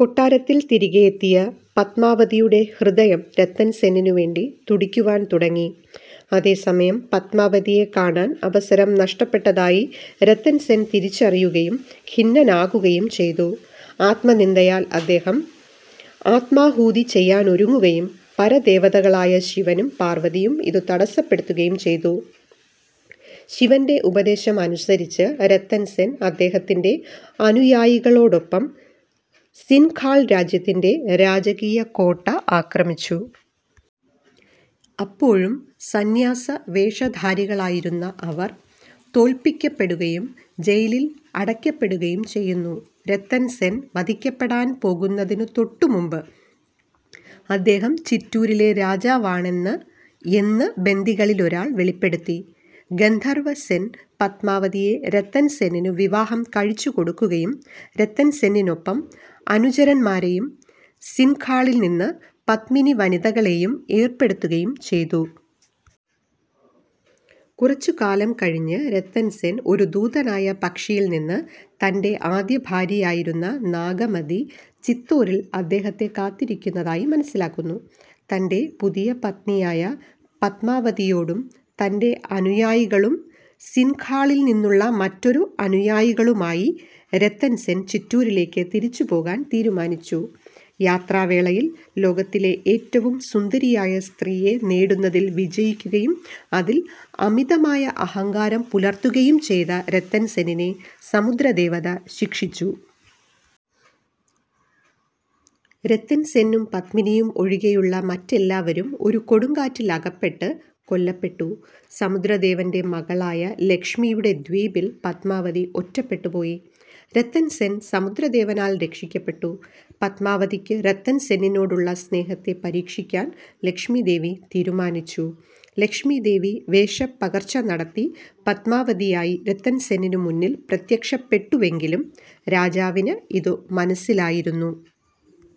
കൊട്ടാരത്തിൽ തിരികെയെത്തിയ പത്മാവതിയുടെ ഹൃദയം രത്തൻ സെന്നിനു വേണ്ടി തുടിക്കുവാൻ തുടങ്ങി. അതേസമയം, പത്മാവതിയെ കാണാൻ അവസരം നഷ്ടപ്പെട്ടതായി രത്തൻ സെൻ തിരിച്ചറിയുകയും ഖിന്നനാകുകയും ചെയ്തു. ആത്മനിന്ദയാൽ അദ്ദേഹം ആത്മാഹൂതി ചെയ്യാനൊരുങ്ങുകയും പരദേവതകളായ ശിവനും പാർവ്വതിയും ഇതു തടസ്സപ്പെടുത്തുകയും ചെയ്തു. ശിവൻറ ഉപദേശം അനുസരിച്ച്, രത്തൻ സെൻ അദ്ദേഹത്തിന്റെ അനുയായികളോടൊപ്പം സിൻഘാൾ രാജ്യത്തിൻറെ രാജകീയ കോട്ട ആക്രമിച്ചു. അപ്പോഴും സന്യാസ വേഷധാരികളായിരുന്ന അവർ തോൽപ്പിക്കപ്പെടുകയും ജയിലിൽ അടക്കപ്പെടുകയും ചെയ്യുന്നു. രത്തൻ സെൻ വധിക്കപ്പെടാൻ പോകുന്നതിനു തൊട്ടുമുമ്പ്, അദ്ദേഹം ചിറ്റൂരിലെ രാജാവാണെന്ന് എന്ന് ബന്ദികളിലൊരാൾ വെളിപ്പെടുത്തി. ഗന്ധർവ് സെൻ പത്മാവതിയെ രത്തൻ സെന്നിനു വിവാഹം കഴിച്ചുകൊടുക്കുകയും രത്തൻ സെന്നിനൊപ്പം അനുചരന്മാരെയും സിൻഘാളിൽനിന്ന് പത്മിനിവനിതകളേയും ഏർപ്പെടുത്തുകയും ചെയ്തു. കുറച്ചു കാലം കഴിഞ്ഞ് രത്തൻ സെൻ ഒരു ദൂതനായ പക്ഷിയിൽ നിന്ന് തൻറെ ആദ്യ ഭാര്യയായിരുന്ന നാഗമതി ചിത്തോരിൽ അദ്ദേഹത്തെ കാത്തിരിക്കുന്നതായി മനസ്സിലാക്കുന്നു. തൻറെ പുതിയ പത്നിയായ പത്മാവതിയോടും തൻറെ അനുയായികളുംസിൻഘാളിൽനിന്നുള്ള മറ്റൊരു അനുയായികളുമായി രത്തൻ സെൻ ചിറ്റൂരിലേക്ക് തിരിച്ചുപോകാൻ തീരുമാനിച്ചു. യാത്രാവേളയിൽ, ലോകത്തിലെ ഏറ്റവും സുന്ദരിയായ സ്ത്രീയെ നേടുന്നതിൽ വിജയിക്കുകയും അതിൽ അമിതമായ അഹങ്കാരം പുലർത്തുകയും ചെയ്ത രത്തൻ സെന്നിനെ സമുദ്രദേവത ശിക്ഷിച്ചു. രത്തൻ സെന്നും പത്മിനിയും ഒഴികെയുള്ള മറ്റെല്ലാവരും ഒരു കൊടുങ്കാറ്റിലകപ്പെട്ട് കൊല്ലപ്പെട്ടു. സമുദ്രദേവൻറെ മകളായ ലക്ഷ്മിയുടെ ദ്വീപിൽ പത്മാവതി ഒറ്റപ്പെട്ടുപോയി. രത്തൻ സെൻ, സമുദ്രദേവനാൽ രക്ഷിക്കപ്പെട്ടു. പത്മാവതയ്ക്കു രത്തൻ സെന്നിനോടുള്ള സ്നേഹത്തെ പരീക്ഷിക്കാൻ ലക്ഷ്മി ദേവി തീരുമാനിച്ചു. ലക്ഷ്മി ദേവി വേഷപ്പകർച്ചനടത്തി പത്മാവതിയായി രത്തൻ സെന്നിനു മുന്നിൽ പ്രത്യക്ഷപ്പെട്ടുവെങ്കിലും രാജാവിന് ഇതു മനസ്സിലായിരുന്നു.